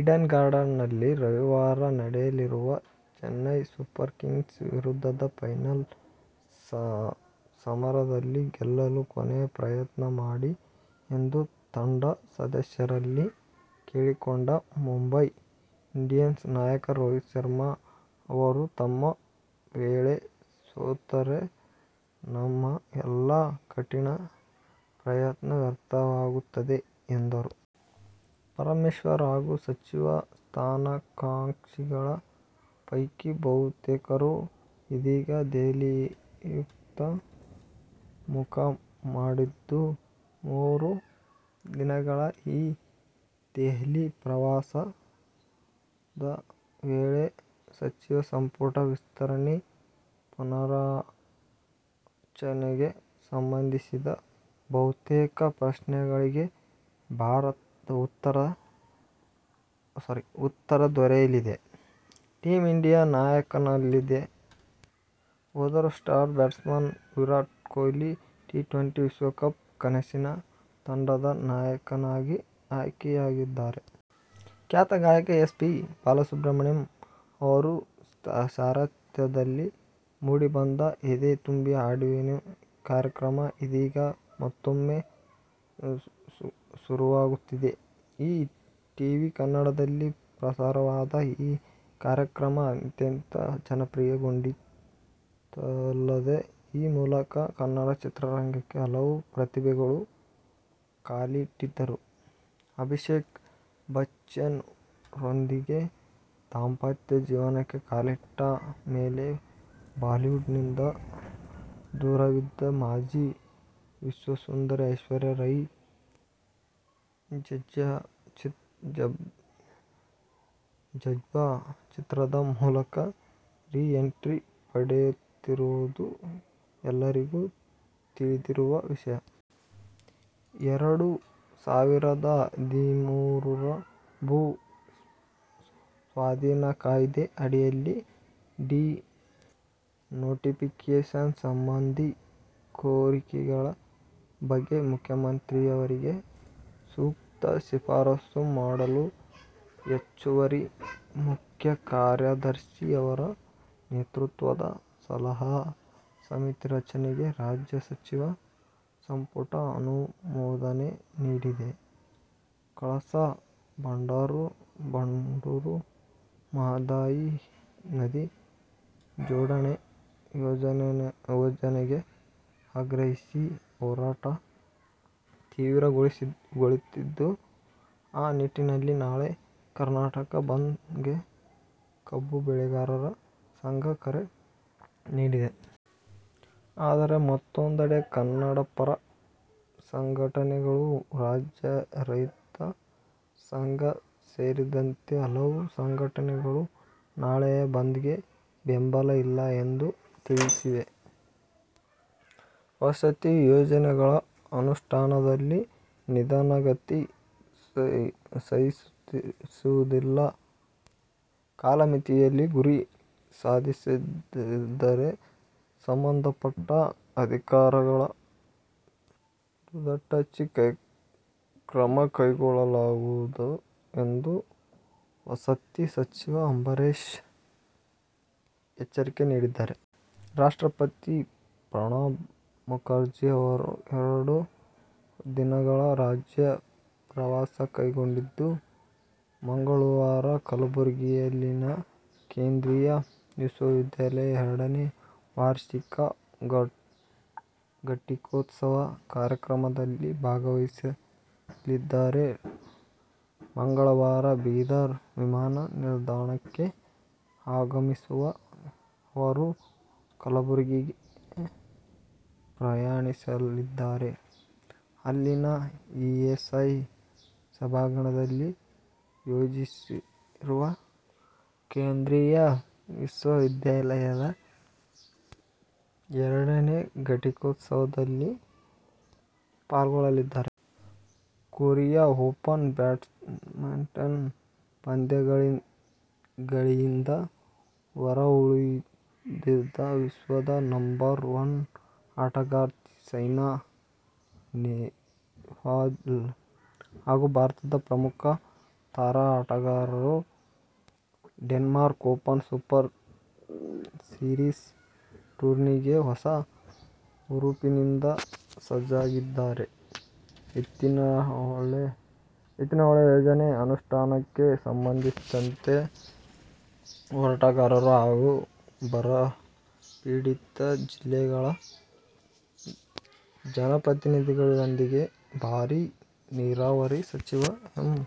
Eden ಗಾರ್ಡನ್ಸ್ನಲ್ಲಿ ರವಿವಾರ ನಡೆಯಲಿರುವ ಚೆನ್ನೈ ಸೂಪರ್ ಕಿಂಗ್ಸ್ ವಿರುದ್ಧದ ಫೈನಲ್ ಸಮರದಲ್ಲಿ ಗೆಲ್ಲಲು ಕೊನೆಯ ಪ್ರಯತ್ನ ಮಾಡಿ ಎಂದು ತಂಡ ಸದಸ್ಯರಲ್ಲಿ ಕೇಳಿಕೊಂಡ ಮುಂಬೈ ಇಂಡಿಯನ್ಸ್ ನಾಯಕ ರೋಹಿತ್ ಶರ್ಮ ಅವರು ಒಂದು ವೇಳೆ ಸೋತರೆ ನಮ್ಮ ಎಲ್ಲ ಕಠಿನ ಪ್ರಯತ್ನ ವ್ಯರ್ಥವಾಗುತ್ತದೆ ಎಂದರು. ಪರಮೇಶ್ವರ್ ಹಾಗೂ ಸಚಿವ ಸ್ಥಾನಾಕಾಂಕ್ಷಿಗಳ ಪೈಕಿ ಬಹುತೇಕರು ಇದೀಗ ದೆಹಲಿಯತ್ತ ಮುಖ ಮಾಡಿದ್ದು, ಮೂರು ದಿನಗಳ ಈ ದೆಹಲಿ ಪ್ರವಾಸದ ವೇಳೆ ಸಚಿವ ಸಂಪುಟ ವಿಸ್ತರಣೆ, ಪುನಾರಚನೆಗೆ ಸಂಬಂಧಿಸಿದ ಬಹುತೇಕ ಪ್ರಶ್ನೆಗಳಿಗೆ ಉತ್ತರ ದೊರೆಯಲಿದೆ. ಟೀಮ್ ಇಂಡಿಯಾದ ನಾಯಕನಲ್ಲದೇ ಹೋದರೂ star batsman Virat Kohli T twenty ವಿಶ್ವಕಪ್ ಕನಸಿನ ತಂಡ'ದ ನಾಯಕನಾಗಿ ಆಯ್ಕೆಯಾಗಿದ್ದಾರೆ. ಖ್ಯಾತ ಗಾಯಕ ಎಸ್. ಪಿ. ಬಾಲಸುಬ್ರಹ್ಮಣ್ಯಂ ಅವರ ಸಾರಥ್ಯದಲ್ಲಿ ಮೂಡಿಬಂದ ಎದೆ ತುಂಬಿ ಹಾಡುವೆನು ಕಾರ್ಯಕ್ರಮ ಇದೀಗ ಮತ್ತೂಮ್ಮೆ ಶುರುವಾಗುತ್ತಿದೆ. ಈ ಟಿವಿ ಕನ್ನಡದಲ್ಲಿ ಪ್ರಸಾರವಾದ ಈ ಕಾರ್ಯಕ್ರಮ, ಅತ್ಯಂತ ಜನಪ್ರಿಯಗೊಂಡಿತ್ತಲ್ಲದೆ, ಈ ಮೂಲಕ ಕನ್ನಡ ಚಿತ್ರರಂಗಕ್ಕೆ ಹಲವು ಪ್ರತಿಭೆಗಳು ಕಾಲಿಟ್ಟಿದ್ದರು. ಅಭಿಷೇಕ್ ಬಚ್ಚನ್ ರೊಂದಿಗೆ ದಾಂಪತ್ಯ ಜೀವನಕ್ಕೆ ಕಾಲಿಟ್ಟ ಮೇಲೆ ಬಾಲಿವುಡ್'ನಿಂದ ದೂರವಿದ್ದ ಮಾಜಿ ವಿಶ್ವ ಸುಂದರಿ ಐಶ್ವರ್ಯ ರೈ ಜಝ್ಬಾ ಚಿತ್ರದ ಮೂಲಕ ರೀ ಎಂಟ್ರಿ ಪಡೆಯುತ್ತಿರುವುದು ಎಲ್ಲರಿಗೂ ತಿಳಿದಿರುವ ವಿಷಯ. ಎರಡು ಸಾವಿರದ ಹದಿಮೂರರ ಭೂ ಸ್ವಾಧೀನ ಕಾಯ್ದೆ ಅಡಿಯಲ್ಲಿ ಡಿ-ನೋಟಿಫಿಕೇಷನ್ ಸಂಬಂಧಿ ಕೋರಿಕೆಗಳ ಬಗ್ಗೆ ಮುಖ್ಯಮಂತ್ರಿಯವರಿಗೆ ಸೂಕ್ತ ಶಿಫಾರಸು ಮಾಡಲು ಹೆಚ್ಚುವರಿ ಮುಖ್ಯ ಕಾರ್ಯದರ್ಶಿ ಅವರ ನೇತೃತ್ವದ ಸಲಹಾ ಸಮಿತಿ ರಚನೆಗೆ ರಾಜ್ಯ ಸಚಿವ ಸಂಪುಟ ಅನುಮೋದನೆ ನೀಡಿದೆ. ಕಳಸಾ ಬಂಡೂರಿ, ಮಹಾದಾಯಿ ನದಿ ಜೋಡಣೆ ಯೋಜನೆಗೆ ಆಗ್ರಹಿಸಿ ಹೋರಾಟ ತೀವ್ರಗೊಳ್ಳುತ್ತಿದ್ದು, ಆ ನಿಟ್ಟಿನಲ್ಲಿ ನಾಳೆ ಕರ್ನಾಟಕ ಬಂದ್ ಗೆ ಕಬ್ಬು ಬೆಳೆಗಾರರ ಸಂಘ ಕರೆ ನೀಡಿದೆ. ಆದರೆ ಮತ್ತೊಂದೆಡೆ ಕನ್ನಡ ಪರ ಸಂಘಟನೆಗಳು, ರಾಜ್ಯ ರೈತ ಸಂಘ ಸೇರಿದಂತೆ ಹಲವು ಸಂಘಟನೆಗಳು ನಾಳೆಯ ಬಂದ್ ಗೆ ಬೆಂಬಲ ಇಲ್ಲ ಎಂದು ತಿಳಿಸಿವೆ. ವಸತಿ ಯೋಜನೆಗಳ ಅನುಷ್ಠಾನದಲ್ಲಿ ನಿಧಾನಗತಿ ಸಹಿಸುವುದಿಲ್ಲ. ಕಾಲಮಿತಿಯಲ್ಲಿ ಗುರಿ ಸಾಧಿಸದಿದ್ದರೆ ಸಂಬಂಧಪಟ್ಟ ಅಧಿಕಾರಿಗಳ ವಿರುದಟಛಿ ಕ್ರಮಕೈಗೊಳ್ಳಲಾಗುವುದು ಎಂದು ವಸತಿ ಸಚಿವ ಅಂಬರೀಶ್ ಎಚ್ಚರಿಕೆ ನೀಡಿದ್ದಾರೆ. ರಾಷ್ಟ್ರಪತಿ ಪ್ರಣಬ್ ಮುಖರ್ಜಿ ಅವರು ಎರಡು ದಿನಗಳ ರಾಜ್ಯ ಪ್ರವಾಸಕೈಗೊಂಡಿದ್ದು, ಮಂಗಳವಾರ ಕಲಬುರ್ಗಿಯಲ್ಲಿನ ಕೇಂದ್ರೀಯ ವಿಶ್ವವಿದ್ಯಾಲಯದ ಎರಡನೇ ವಾರ್ಷಿಕ ಘಟಿಕೋತ್ಸವ ಕಾರ್ಯಕ್ರಮದಲ್ಲಿ ಭಾಗವಹಿಸಲಿದ್ದಾರೆ. ಮಂಗಳವಾರ ಬೀದರ್ ವಿಮಾನ ನಿಲ್ದಾಣಕ್ಕೆ ಆಗಮಿಸುವ ಅವರು, ಕಲಬುರ್ಗಿಗೆ ಪ್ರಯಾಣಿಸಲಿದ್ದಾರೆ. ಅಲ್ಲಿನ ಇಎಸ್ಐ ಸಭಾಂಗಣದಲ್ಲಿ ಆಯೋಜಿಸಿರುವ ಕೇಂದ್ರಿಯ ವಿಶ್ವವಿದ್ಯಾಲಯದ ಎರಡನೇ ಘಟಿಕೋತ್ಸವದಲ್ಲಿ ಪಾಲ್ಗೊಳ್ಳಲಿದ್ದಾರೆ. ಕೊರಿಯಾ ಓಪನ್ ಬ್ಯಾಡ್ಮಿಂಟನ್ ಪಂದ್ಯಾವಳಿಯಿಂದ ಹೊರಗುಳಿದಿದ್ದ ವಿಶ್ವದ ನಂಬರ್ ಒಂದು ಆಟಗಾರ್ತಿ ಸೈನಾ ನೆಹ್ವಾಲ್ ಹಾಗೂ ಭಾರತದ ಪ್ರಮುಖ ತಾರಾ ಆಟಗಾರರು ಡೆನ್ಮಾರ್ಕ್ ಓಪನ್ ಸೂಪರ್ ಸೀರೀಸ್ ಟೂರ್ನಿಗೆ ಹೊಸ ಹುರುಪಿನಿಂದ ಸಜ್ಜಾಗಿದ್ದಾರೆ. ಎತ್ತಿನಹೊಳೆ ಯೋಜನೆ ಅನುಷ್ಠಾನಕ್ಕೆ ಸಂಬಂಧಿಸಿದಂತೆ ಹೋರಾಟಗಾರರು ಹಾಗೂ ಬರಪೀಡಿತ ಜಿಲ್ಲೆಗಳ ಜನಪ್ರತಿನಿಧಿಗಳೊಂದಿಗೆ ಭಾರಿ ನೀರಾವರಿ ಸಚಿವ ಎಂ.